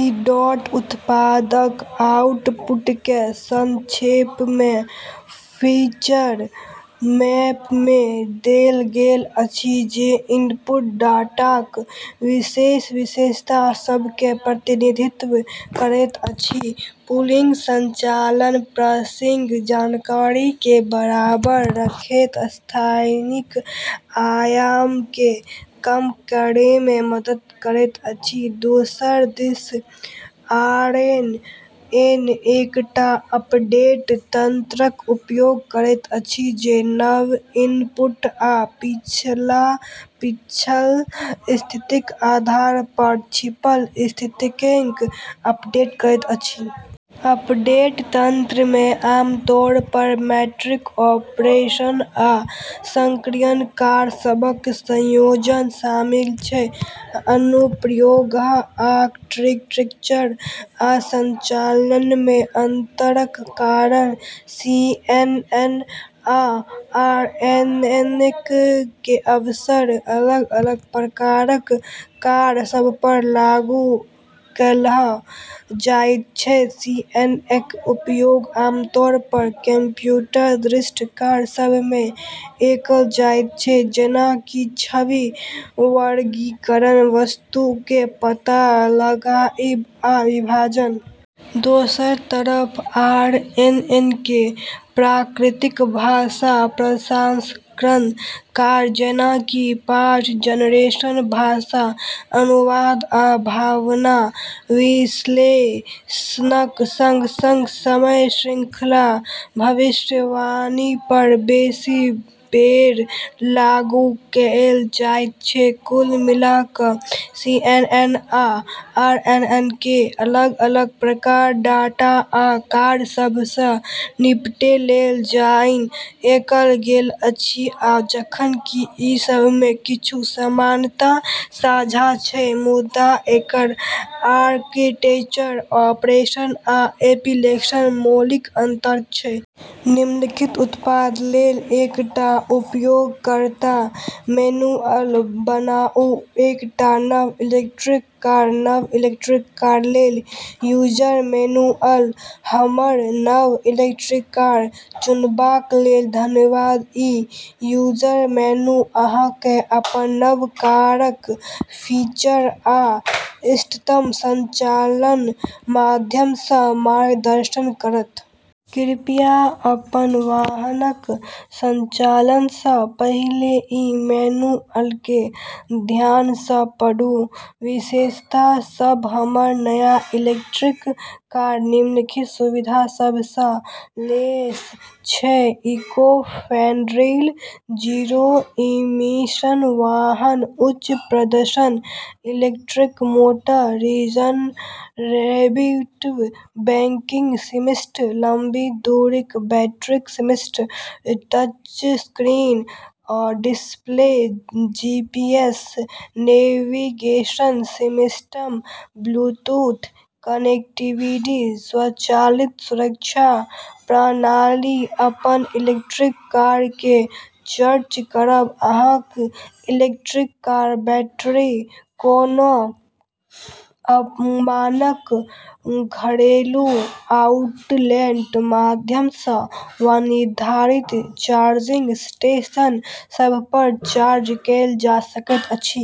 ई dot उत्पादक आउटपुटकेँ संक्षेपमे फीचर मैपमे देल गेल अछि जे इनपुट डाटाक विशेष विशेषता सभकेँ प्रतिनिधित्व करैत अछि। पूलिंग संचालन प्रासंगिक जानकारीकेँ बरकरार रखैत स्थानिक आयामकेँ कम करैमे मदद करैत अछि। दोसर दिस आरएनएन एकटा अपडेट तंत्रक उपयोग करैत अछि जे नव इनपुट आ पिछला छिपल स्थितिक आधारपर छिपल स्थितिकेँ अपडेट करैत अछि। अपडेट तंत्रमे आमतौरपर मैट्रिक्स ऑपरेशन आ सक्रियण कार्य सभक संयोजन शामिल छै। अनुप्रयोग: आर्किटेक्चर आ संचालनमे अंतरक कारण सीएनएन आ आरएनएनकेँ अक्सर अलग-अलग प्रकारक कार्य सभपर लागू कएल जाइत छै। सीएनएनक उपयोग आमतौरपर कंप्यूटर दृष्टि कार्य सभमे कएल जाइत छै, जेना कि छवि वर्गीकरण, वस्तुकेँ पता लगाइब, आ विभाजन। दोसर तरफ आरएनएनकेँ प्राकृतिक भाषा प्रसंस्करण कार्य, जेना कि पाठ जनरेशन, भाषा अनुवाद, आ भावना विश्लेषणक संग-संग समय श्रृंखला भविष्यवाणीपर बेसी बेर लागू कएल जाइत छै। कुल मिला कऽ, सीएनएन आ आरएनएनकेँ अलग-अलग प्रकारक डाटा आ कार्य सभसँ निपटै लेल डिजाइन कएल गेल अछि, आ जखन कि ई सभमे किछु समानता साझा छै, मुदा एकर आर्किटेक्चर, ऑपरेशन आ एप्लीकेशनमे मौलिक अंतर छै। निम्नलिखित उत्पाद लेल एकटा उपयोगकर्ता मैनुअल बनाउ एकटा नव इलेक्ट्रिक कार नव इलेक्ट्रिक कार लेल यूजर मैनुअल हमर नव इलेक्ट्रिक कार चुनबाक लेल धन्यवाद। ई यूजर मैनुअल अहाँकेँ अपन नव कारक फीचर आ इष्टतम संचालनक माध्यमसँ मार्गदर्शन करत। कृपया अपन वाहनक संचालनसँ पहिले ई मैनुअलकेँ ध्यानसँ पढ़ू। विशेषता सभ हमर नया इलेक्ट्रिक कार निम्नलिखित सुविधा सभसँ लैस छै: इको-फ्रेंडली, जीरो-इमिशन वाहन उच्च प्रदर्शन electric motor regenerative braking system लंबी दूरीक battery smart touchscreen display GPS navigation system Bluetooth connectivity स्वचालित सुरक्षा प्रणाली अपन इलेक्ट्रिक कारकेँ चार्ज करब अहाँक इलेक्ट्रिक कारक बैटरी कोनो मानक घरेलू आउटलेटक माध्यमसँ वा निर्धारित चार्जिंग स्टेशन सभपर चार्ज कएल जा सकैत अछि।